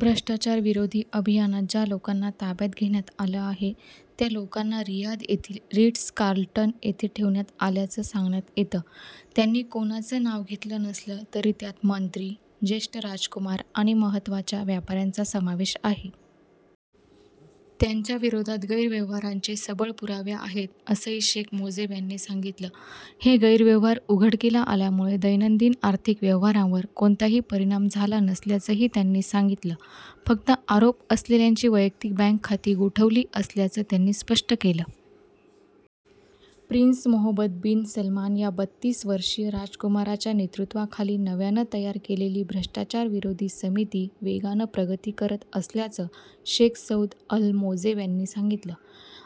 भ्रष्टाचारविरोधी अभियानात ज्या लोकांना ताब्यात घेण्यात आलं आहे त्या लोकांना रियाध येथील रिट्स कार्लटन येथे ठेवण्यात आल्याचं सांगण्यात येतं. त्यांनी कोणाचं नाव घेतलं नसलं तरी त्यात मंत्री, ज्येष्ठ राजकुमार आणि महत्त्वाच्या व्यापाऱ्यांचा समावेश आहे. त्यांच्याविरोधात गैरव्यवहारांचे सबळ पुरावे आहेत असंही शेख मोजेब यांनी सांगितलं. हे गैरव्यवहार उघडकीला आल्यामुळे दैनंदिन आर्थिक व्यवहारांवर कोणताही परिणाम झाला नसल्याचंही त्यांनी सांगितलं. फक्त आरोप असलेल्यांची वैयक्तिक बँक खाती गोठवली असल्याचं त्यांनी स्पष्ट केलं. प्रिन्स मोहम्मद बिन सलमान या बत्तीस वर्षीय राजकुमाराच्या नेतृत्वाखाली नव्यानं तयार केलेली भ्रष्टाचार विरोधी समिती वेगानं प्रगती करत असल्याचं शेख सौद अल मोजेब यांनी सांगितलं.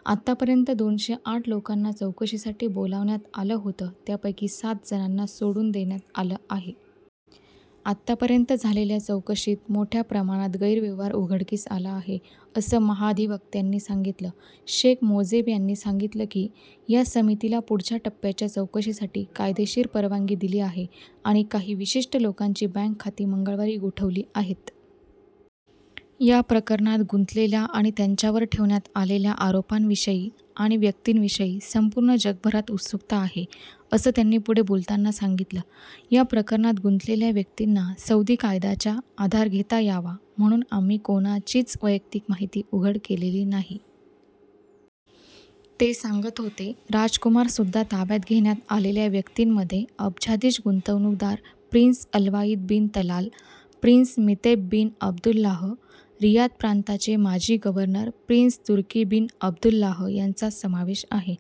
आतापर्यंत दोनशे आठ लोकांना चौकशीसाठी बोलावण्यात आलं होतं त्यापैकी सात जणांना सोडून देण्यात आलं आहे. आतापर्यंत झालेल्या चौकशीत मोठ्या प्रमाणात गैरव्यवहार उघडकीस आला आहे. असं महाधिवक्त्यांनी सांगितलं. शेख मोजेब यांनी सांगितलं की, या समितीला पुढच्या टप्प्याच्या चौकशीसाठी कायदेशीर परवानगी दिली आहे. आणि काही विशिष्ट लोकांची बँक खाती मंगळवारी गोठवली आहेत. या प्रकरणात गुंतलेल्या आणि त्यांच्यावर ठेवण्यात आलेल्या आरोपांविषयी आणि व्यक्तींविषयी संपूर्ण जगभरात उत्सुकता आहे. असं त्यांनी पुढे बोलताना सांगितलं. या प्रकरणात गुंतलेल्या व्यक्तींना सौदी कायदाच्या आधार घेता यावा म्हणून आम्ही कोणाचीच वैयक्तिक माहिती उघड केलेली नाही. ते सांगत होते. राजकुमार सुद्धा ताब्यात घेण्यात आलेल्या व्यक्तींमध्ये अब्जाधीश गुंतवणूकदार prince Alwaleed bin Talal, prince Miteb bin Abdullah, Riyadh प्रांताचे माजी governor prince Turki bin Abdullah यांचा समावेश आहे.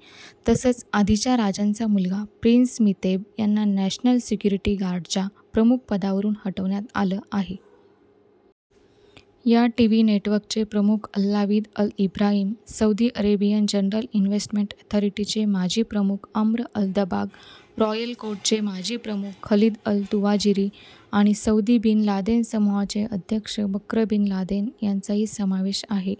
तसंच आधीच्या राजांचा मुलगा प्रिन्स मितेब यांना नॅशनल सिक्युरिटी गार्डच्या प्रमुखपदावरून हटवण्यात आलं आहे. या टीव्ही नेटवर्कचे प्रमुख Alwaleed al Ibrahim, Saudi Arabian general investment ॲथॉरिटीचे माजी प्रमुख अम्र अल दबाग, रॉयल कोर्टचे माजी प्रमुख खलिद अल तुवाजिरी आणि सौदी बिन लादेन समुहाचे अध्यक्ष बक्र बिन लादेन यांचाही समावेश आहे.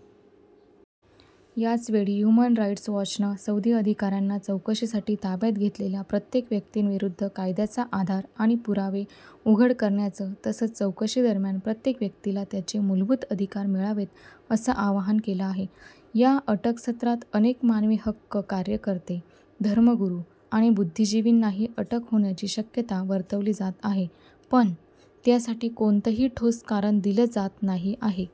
याचवेळी ह्युमन राईट्स वॉचनं सौदी अधिकाऱ्यांना चौकशीसाठी ताब्यात घेतलेल्या प्रत्येक व्यक्तींविरुद्ध कायद्याचा आधार आणि पुरावे उघड करण्याचं तसंच चौकशी दरम्यान प्रत्येक व्यक्तीला त्याचे मुलभूत अधिकार मिळावेत असं आवाहन केलं आहे. या अटक सत्रात अनेक मानवी हक्क कार्यकर्ते, धर्मगुरू आणि बुद्धिजिवींनाही अटक होण्याची शक्यता वर्तवली जात आहे. पण, त्यासाठी कोणतंही ठोस कारण दिलं जात नाही आहे.